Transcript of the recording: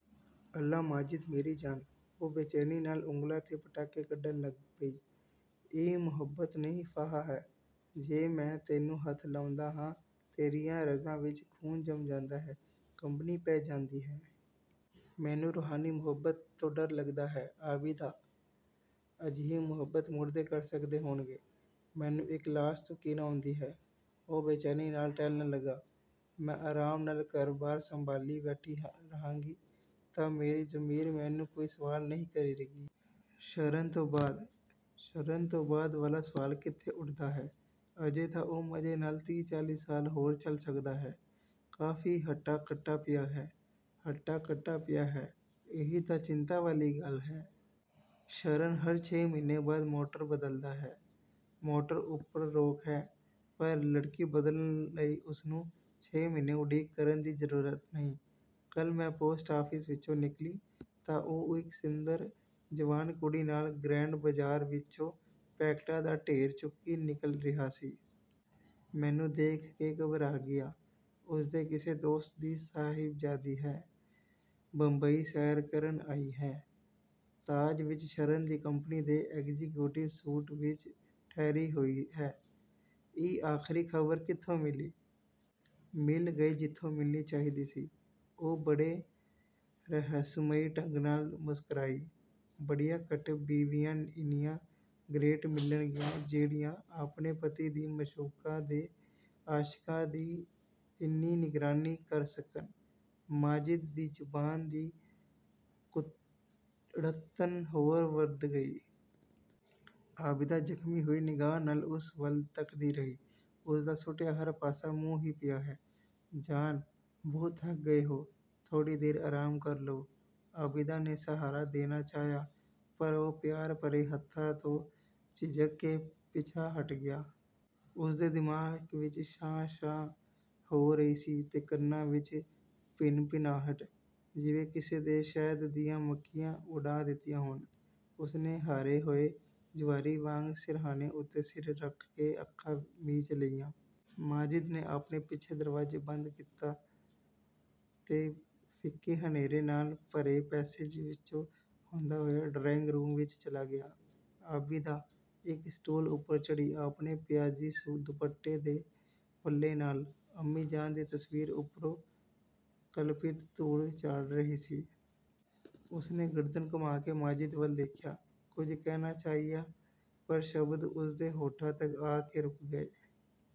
"ਅੱਲਾ, ਮਾਜਿਦ ਮੇਰੀ ਜਾਨ," ਉਹ ਬੇਚੈਨੀ ਨਾਲ ਉਂਗਲਾਂ ਦੇ ਪਟਾਕੇ ਕੱਢਣ ਲੱਗ ਪਈ। "ਇਹ ਮੁਹੱਬਤ ਨਹੀਂ ਫਾਹਾ ਹੈ, ਜੇ ਮੈਂ ਤੈਨੂੰ ਹੱਥ ਲਾਉਂਦਾ ਹਾਂ, ਤੇਰੀਆਂ ਰਗਾਂ ਵਿੱਚ ਖ਼ੂਨ ਜੰਮ ਜਾਂਦਾ ਹੈ, ਕੰਬਣੀ ਪੈ ਜਾਂਦੀ ਹੈ। ਮੈਨੂੰ ਰੂਹਾਨੀ ਮੁਹੱਬਤ ਤੋਂ ਡਰ ਲੱਗਦਾ ਹੈ, ਆਬਿਦਾ। ਅਜਿਹੀ ਮੁਹੱਬਤ ਮੁਰਦੇ ਕਰ ਸਕਦੇ ਹੋਣਗੇ। ਮੈਨੂੰ ਇੱਕ ਲਾਸ਼ ਤੋਂ ਘਿਣ ਆਉਂਦੀ ਹੈ।" ਉਹ ਬੇਚੈਨੀ ਨਾਲ ਟਹਿਲਣ ਲੱਗਾ। "ਮੈਂ ਆਰਾਮ ਨਾਲ ਘਰ-ਬਾਰ ਸੰਭਾਲੀ ਬੈਠੀ ਰਹਾਂਗੀ, ਤਾਂ ਮੇਰੀ ਜ਼ਮੀਰ ਮੈਨੂੰ ਕੋਈ ਸਵਾਲ ਨਹੀਂ ਕਰੇਗੀ? ਸ਼ਰਨ ਤੋਂ ਬਾਅਦ" "ਸ਼ਰਨ ਤੋਂ ਬਾਅਦ ਵਾਲਾ ਸਵਾਲ ਕਿੱਥੇ ਉੱਠਦਾ ਹੈ ਅਜੇ ਤਾਂ ਉਹ ਮਜ਼ੇ ਨਾਲ ਤੀਹ-ਚਾਲੀ ਸਾਲ ਹੋਰ ਚੱਲ ਸਕਦਾ ਹੈ, ਕਾਫ਼ੀ ਹੱਟਾ-ਕੱਟਾ ਪਿਆ ਹੈ।" "ਹੱਟਾ-ਕੱਟਾ ਪਿਆ ਹੈ, ਇਹੀ ਤਾਂ ਚਿੰਤਾ ਵਾਲੀ ਗੱਲ ਹੈ। ਸ਼ਰਨ ਹਰ ਛੇ ਮਹੀਨੇ ਬਾਅਦ ਮੋਟਰ ਬਦਲਦਾ ਹੈ। ਮੋਟਰ ਉੱਪਰ ਰੋਕ ਹੈ, ਪਰ ਲੜਕੀ ਬਦਲਣ ਲਈ ਉਸਨੂੰ ਛੇ ਮਹੀਨੇ ਉਡੀਕ ਕਰਨ ਦੀ ਜ਼ਰੂਰਤ ਨਹੀਂ। ਕੱਲ੍ਹ ਮੈਂ ਪੋਸਟ ਆਫਿਸ ਵਿੱਚੋਂ ਨਿਕਲੀ ਤਾਂ ਉਹ ਇੱਕ ਸੁੰਦਰ ਜਵਾਨ ਕੁੜੀ ਨਾਲ ਗਰੈਂਡ ਬਾਜ਼ਾਰ ਵਿੱਚੋਂ ਪੈਕਟਾਂ ਦਾ ਢੇਰ ਚੁੱਕੀ ਨਿਕਲ ਰਿਹਾ ਸੀ। ਮੈਨੂੰ ਦੇਖ ਕੇ ਘਬਰਾ ਗਿਆ। ਉਸਦੇ ਕਿਸੇ ਦੋਸਤ ਦੀ ਸਾਹਿਬਜ਼ਾਦੀ ਹੈ, ਬੰਬਈ ਸੈਰ ਕਰਨ ਆਈ ਹੈ। ਤਾਜ ਵਿੱਚ ਸ਼ਰਨ ਦੀ ਕੰਪਨੀ ਦੇ ਐਗਜ਼ੀਕਿਉਟਿਵ ਸੂਟ ਵਿੱਚ ਠਹਿਰੀ ਹੋਈ ਹੈ।" "ਇਹ ਆਖਰੀ ਖ਼ਬਰ ਕਿੱਥੋਂ ਮਿਲੀ?" "ਮਿਲ ਗਈ ਜਿੱਥੋਂ ਮਿਲਣੀ ਚਾਹੀਦੀ ਸੀ।" ਉਹ ਬੜੇ ਰਹੱਸਮਈ ਢੰਗ ਨਾਲ ਮੁਸਕਰਾਈ। "ਬੜੀਆਂ ਘੱਟ ਬੀਵੀਆਂ ਇੰਨੀਆਂ ਗਰੇਟ ਮਿਲਣਗੀਆਂ ਜਿਹੜੀਆਂ ਆਪਣੇ ਪਤੀ ਦੀ ਮਾਸ਼ੂਕਾ ਦੇ ਆਸ਼ਿਕਾਂ ਦੀ ਇੰਨੀ ਨਿਗਰਾਨੀ ਕਰ ਸਕਣ।" ਮਾਜਿਦ ਦੀ ਜ਼ੁਬਾਨ ਦੀ ਕੁੜੱਤਣ ਹੋਰ ਵਧ ਗਈ। ਆਬਿਦਾ ਜ਼ਖ਼ਮੀ ਹੋਈ ਨਿਗਾਹ ਨਾਲ ਉਸ ਵੱਲ ਤੱਕਦੀ ਰਹੀ। ਉਸਦਾ ਸੁੱਟਿਆ ਹਰ ਪਾਸਾ ਮੂੰਹ ਹੀ ਪਿਆ ਹੈ। "ਜਾਨ, ਬਹੁਤ ਥੱਕ ਗਏ ਹੋ, ਥੋੜ੍ਹੀ ਦੇਰ ਆਰਾਮ ਕਰ ਲਓ।" ਆਬਿਦਾ ਨੇ ਸਹਾਰਾ ਦੇਣਾ ਚਾਹਿਆ ਪਰ ਉਹ ਪਿਆਰ ਭਰੇ ਹੱਥਾਂ ਤੋਂ ਝਿਜਕ ਕੇ ਪਿੱਛਾਂਹ ਹਟ ਗਿਆ। ਉਸਦੇ ਦਿਮਾਗ਼ ਵਿੱਚ 'ਸ਼ਾਂ-ਸ਼ਾਂ' ਹੋ ਰਹੀ ਸੀ ਤੇ ਕੰਨਾਂ ਵਿੱਚ ਭਿਨਭਿਨਾਹਟ, ਜਿਵੇਂ ਕਿਸੇ ਨੇ ਸ਼ਹਿਦ ਦੀਆਂ ਮੱਖੀਆਂ ਉਡਾ ਦਿੱਤੀਆਂ ਹੋਣ। ਉਸਨੇ ਹਾਰੇ ਹੋਏ ਜੁਆਰੀ ਵਾਂਗ ਸਿਰਹਾਣੇ ਉੱਤੇ ਸਿਰ ਰੱਖ ਕੇ ਅੱਖਾਂ ਮੀਚ ਲਈਆਂ। ਮਾਜਿਦ ਨੇ ਆਪਣੇ ਪਿੱਛੇ ਦਰਵਾਜ਼ਾ ਬੰਦ ਕੀਤਾ ਤੇ ਫਿੱਕੇ-ਹਨੇਰੇ ਨਾਲ ਭਰੇ ਪੈਸੇਜ ਵਿੱਚੋਂ ਹੁੰਦਾ ਹੋਇਆ ਡਰਾਇੰਗ-ਰੂਮ ਵਿੱਚ ਚਲਾ ਗਿਆ। ਆਬਿਦਾ ਇੱਕ ਸਟੂਲ ਉੱਪਰ ਚੜ੍ਹੀ, ਆਪਣੇ ਪਿਆਜ਼ੀ ਸੂਟ ਦੁਪੱਟੇ ਦੇ ਪੱਲੇ ਨਾਲ, ਅੰਮੀ ਜਾਨ ਦੀ ਤਸਵੀਰ ਉੱਪਰੋਂ ਕਲਪਿਤ ਧੂੜ ਝਾੜ ਰਹੀ ਸੀ। ਉਸਨੇ ਗਰਦਨ ਘੁਮਾ ਕੇ ਮਾਜਿਦ ਵੱਲ ਦੇਖਿਆ। ਕੁਝ ਕਹਿਣਾ ਚਾਹਿਆ ਪਰ ਸ਼ਬਦ ਉਸਦੇ ਹੋਠਾਂ ਤੱਕ ਆ ਕੇ ਰੁਕ ਗਏ।